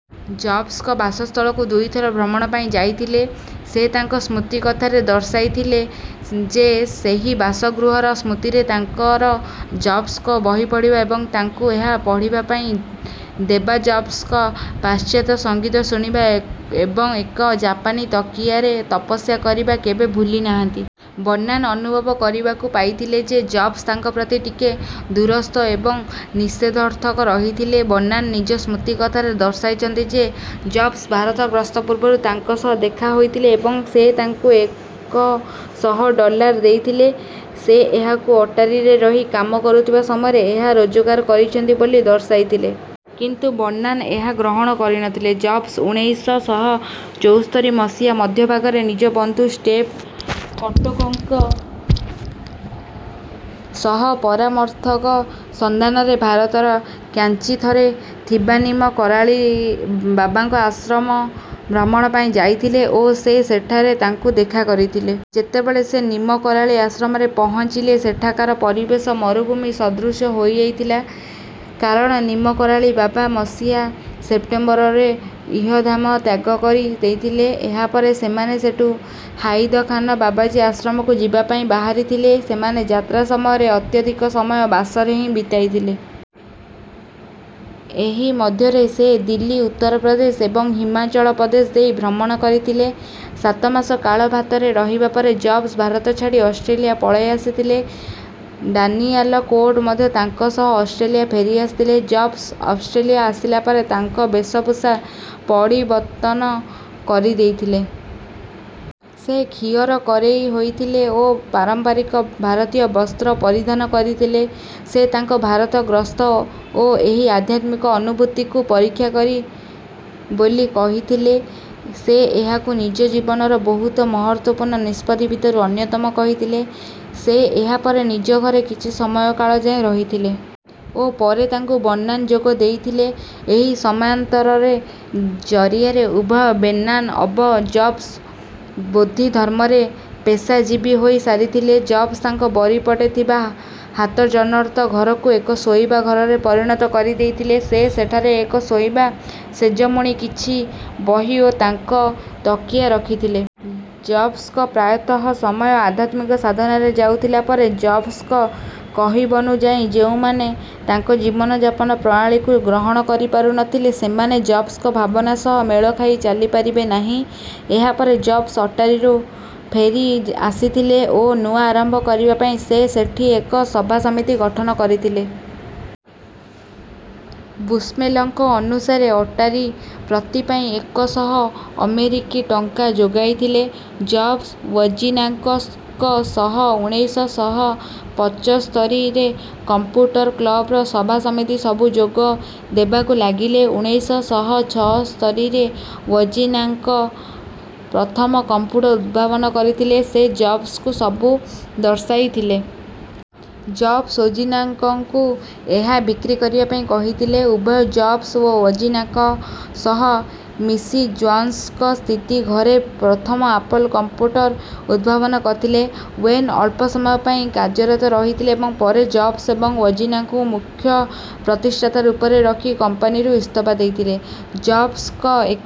ଜବ୍ସଙ୍କ ବାସସ୍ଥଳକୁ ଦୁଇ ଥର ଭ୍ରମଣ ପାଇଁ ଯାଇଥିଲେ। ସେ ତାଙ୍କ ସ୍ମୃତିକଥାରେ ଦର୍ଶାଇଥିଲେ ଯେସେହି ବାସଗୃହର ସ୍ମୃତିରେ ତାଙ୍କର ଜବ୍ସଙ୍କ ବହିପଢ଼ିବା ଏବଂ ତାଙ୍କୁ ଏହା ପଢ଼ିବା ପାଇଁ ଦେବାଜବ୍ସଙ୍କ ପାଶ୍ଚାତ୍ୟ ସଂଗୀତ ଶୁଣିବାଏବଂ ଏକ ଜାପାନୀ ତକିଆରେ ତପସ୍ୟା କରିବା କେବେ ଭୁଲି ନାହାନ୍ତି। ବର୍ନାନ ଅନୁଭବ କରିବାକୁ ପାଇଥିଲେ ଯେ ଜବ୍ସ ତାଙ୍କ ପ୍ରତି ଟିକେ ଦୁରସ୍ଥ ଏବଂ ନିଷେଧର୍ଥକ ରହିଥିଲେ। ବର୍ନାନ ନିଜ ସ୍ମୃତିକଥାରେ ଦର୍ଶାଇଛନ୍ତି ଯେ ଜବ୍ସ ଭାରତ ଗ୍ରସ୍ତ ପୂର୍ବରୁ ତାଙ୍କ ସହ ଦେଖା ହୋଇଥିଲେ ଏବଂ ସେ ତାଙ୍କୁ ଏକ ଶହ ଡଲାର୍ ଦେଇଥିଲେ ସେ ଏହାକୁ ଅଟାରୀରେ ରହି କାମ କରୁୁଥିବା ସମୟରେ ଏହା ରୋଜଗାର କରିଛନ୍ତି ବୋଲି ଦର୍ଶାଇ ଥିଲେ। କିନ୍ତୁ ବର୍ନାନ ଏହା ଗ୍ରହଣ କରିନଥିଲେ। ଜବ୍ସ ଉଣେଇଶ ଶହ ଚଉସ୍ତରୀ ମସିହା ମଧ୍ୟଭାଗରେ ନିଜ ବନ୍ଧୁ ଷ୍ଟେବେ କଟୋକେଙ୍କ ସହ ପରାମର୍ଥିକ ସନ୍ଧାନରେ ଭାରତର କାଁଚି ଥରେ ଥିବାନିମ କରାଳି ବାବାଙ୍କ ଆଶ୍ରମ ଭ୍ରମଣ ପାଇଁ ଯାଇଥିଲେ ଓ ସେ ସେଠାରେ ତାଙ୍କୁ ଦେଖା କରିଥିଲେ। ଯେତେବେଳେ ସେ ନିମ କରାଳି ଆଶ୍ରମରେ ପହଁଚିଲେସେଠାକାର ପରିବେଶ ମରୁଭୂମି ସଦୃଶ୍ୟ ହୋଇ ଯାଇଥିଲା। କାରଣ ନିମ୍ କରାଳି ବାବା ମସିହା ସେପ୍ଟେମ୍ବରରେ ଇହଧାମ ତ୍ୟାଗ କରି ଦେଇଥିଲେ। ଏହା ପରେ ସେମାନେ ସେଠୁ ହାଇଦଖାନ ବାବାଜିଙ୍କ ଆଶ୍ରମକୁ ଯିବା ପାଇଁ ବାହାରି ଥିଲେ। ସେମାନେ ଯାତ୍ରା ସମୟର ଅତ୍ୟଧିକ ସମୟ ବାସରେ ହିଁ ବିତାଇ ଥିଲେ। ଏହି ମଧ୍ୟରେ ସେ ଦିଲ୍ଲୀ ଉତ୍ତରପ୍ରଦେଶଏବଂ ହିମାଚଳ ପ୍ରଦେଶ ଦେଇ ଭ୍ରମଣ କରିଥିଲେ। ସାତମାସ କାଳ ଭାତରେ ରହିବା ପରେ ଜବ୍ସ ଭାରତ ଛାଡି ଅଷ୍ଟ୍ରେଲିଆ ପଳେଇ ଆସିଥିଲେ। ଡାନିଆଲ କୋଟେ ମଧ୍ୟ ତାଙ୍କ ସହ ଅଷ୍ଟ୍ରେଲିଆ ଫେରି ଆସିଥିଲେ। ଜବ୍ସ ଅଷ୍ଟ୍ରେଲିଆ ଆସିଲା ପରେ ତାଙ୍କ ବେଶଭୂଷା ପଡ଼ିବର୍ତନ କରିଦେଇଥିଲେ। ସେ ଖିଅର କରେଇ ହେଇଥିଲେ ଓ ପାରମ୍ପରିକ ଭାରତୀୟ ବସ୍ତ୍ର ପରିଧାନ କରିଥିଲେ। ସେ ତାଙ୍କ ଭାରତ ଗ୍ରସ୍ତ ଓ ଏହି ଆଧ୍ୟାତ୍ମିକ ଅନୁଭୁତିକୁ ପରୀକ୍ଷା ବୋଲି କହିଥିଲେ। ସେ ଏହାକୁ ନିଜ ଜୀବନର ବହୁତ ମହତ୍ତ୍ୱପୂର୍ଣ୍ଣ ନିଷ୍ପତି ଭିତରୁୁ ଅନ୍ୟତମ କହିଥିଲେ। ସେ ଏହା ପରେ ନିଜ ଘରେ କିଛି ସମୟକାଳ ଯାଏଁ ରହିଥିଲେ। ଓ ପରେ ତାଙ୍କୁ ବର୍ନାନ ଯୋଗ ଦେଇ ଥିଲେ। ଏହି ସମୟାନ୍ତରରେ ଜରିଆରେ ଉଭୟ ବେର୍ନାନ ଅବ ଜବ୍ସ ବୋଦ୍ଧିଧର୍ମରେ ପେସାଜୀବୀ ହୋଇ ସାରିଥିଲେ। ଜବ୍ସ ତାଙ୍କ ବରିପଟେ ଥିବା ହାତଜନ଼ତ୍ର ଘରକୁ ଏକ ଶୋଇବା ଘରରେ ପରିଣତ କରି ଦେଇଥିଲେ। ସେ ସେଠାରେ ଏକ ଶୋଇବା ସେଜମୁଣୀକିଛି ବହି ଓ ତାଙ୍କ ତକିଆ ରଖିଥିଲେ। ଜବ୍ସଙ୍କ ପ୍ରାୟତଃ ସମୟ ଆଧ୍ୟାତ୍ମିକ ସାଧନାରେ ଯାଉଥିଲା ପରେ ଜବ୍ସଙ୍କ କହିବନୁଯାଇଯେଉଁମାନେ ତାଙ୍କ ଜୀବନ ଯାପନ ପ୍ରଣାଳୀକୁ ଗ୍ରହଣ କରିପାରୁ ନଥିଲେ ସେମାନେ ଜବ୍ସଙ୍କ ଭାବନା ସହ ମେଳଖାଇ ଚାଲି ପାରିବେ ନାହିଁ। ଏହା ପରେ ଜବ୍ସ ଅଟାରୀକୁ ଫେରି ଆସିଥିଲେ ଓ ନୂଆ ଆରମ୍ଭ କରିବା ପାଇଁ ସେ ସେଠୀ ଏକ ସଭାସମିତି ଗଠନ କରିଥିଲେ। ବୁଶ୍ନେଲଙ୍କ ଅନୁଷାରେ ଅଟାରୀ ପ୍ରତି ପାଇଁ ଏକ ଶହ ଅମେରିକି ଟଂକା ଯୋଗାଇଥିଲେ। ଜବ୍ସ ୱଜିନାକ ଙ୍କସହ ଉଣେଇଶ ଶହ ପଞ୍ଚସ୍ତରୀରେ କମ୍ପୁଟର କ୍ଲବର ସଭାସମିତି ସବୁ ଯୋଗ ଦେବାକୁ ଲାଗିଲେ। ଉଣେଇଶ ଶହ ଛଅସ୍ତରୀରେ ୱଜିନାକ ପ୍ରଥମ କମ୍ପୁଟର ଉଦ୍ଭାବନ କରିଥିଲେ। ସେ ଜବ୍ସଙ୍କୁ ସବୁ ଦର୍ଶାଇ ଥିଲେ। ଜବ୍ସ ୱଜିନାକଙ୍କୁ ଏହା ବିକ୍ରି କରିବା ପାଇଁ କହିଥିଲେ। ଉଭୟ ଜବ୍ସ ଓ ୱଜିନାକ ସହ ମିଶିଜ୍ୱ୍ସାଙ୍କ ସ୍ଥିତ ଘରେ ପ୍ରଥମ ଆପଲ କମ୍ପୁଟର ଉଦ୍ଭାବନ କରିଥିଲେ। ୱେନ ଅଳ୍ପ ସମୟ ପାଇଁ। କାର୍ଯ୍ୟରତ ରହିଥିଲେ ଏବଂ ପରେ ଜବ୍ସ ଏବଂ ୱଜିନାକଙ୍କୁ ମୁଖ୍ୟ ପ୍ରତିଷ୍ଠାତା ରୂପରେ ରଖି କମ୍ପାନୀରୁ ଇସ୍ତଫା ଦେଇଥିଲେ। ଜବ୍ସଙ୍କ ଏକ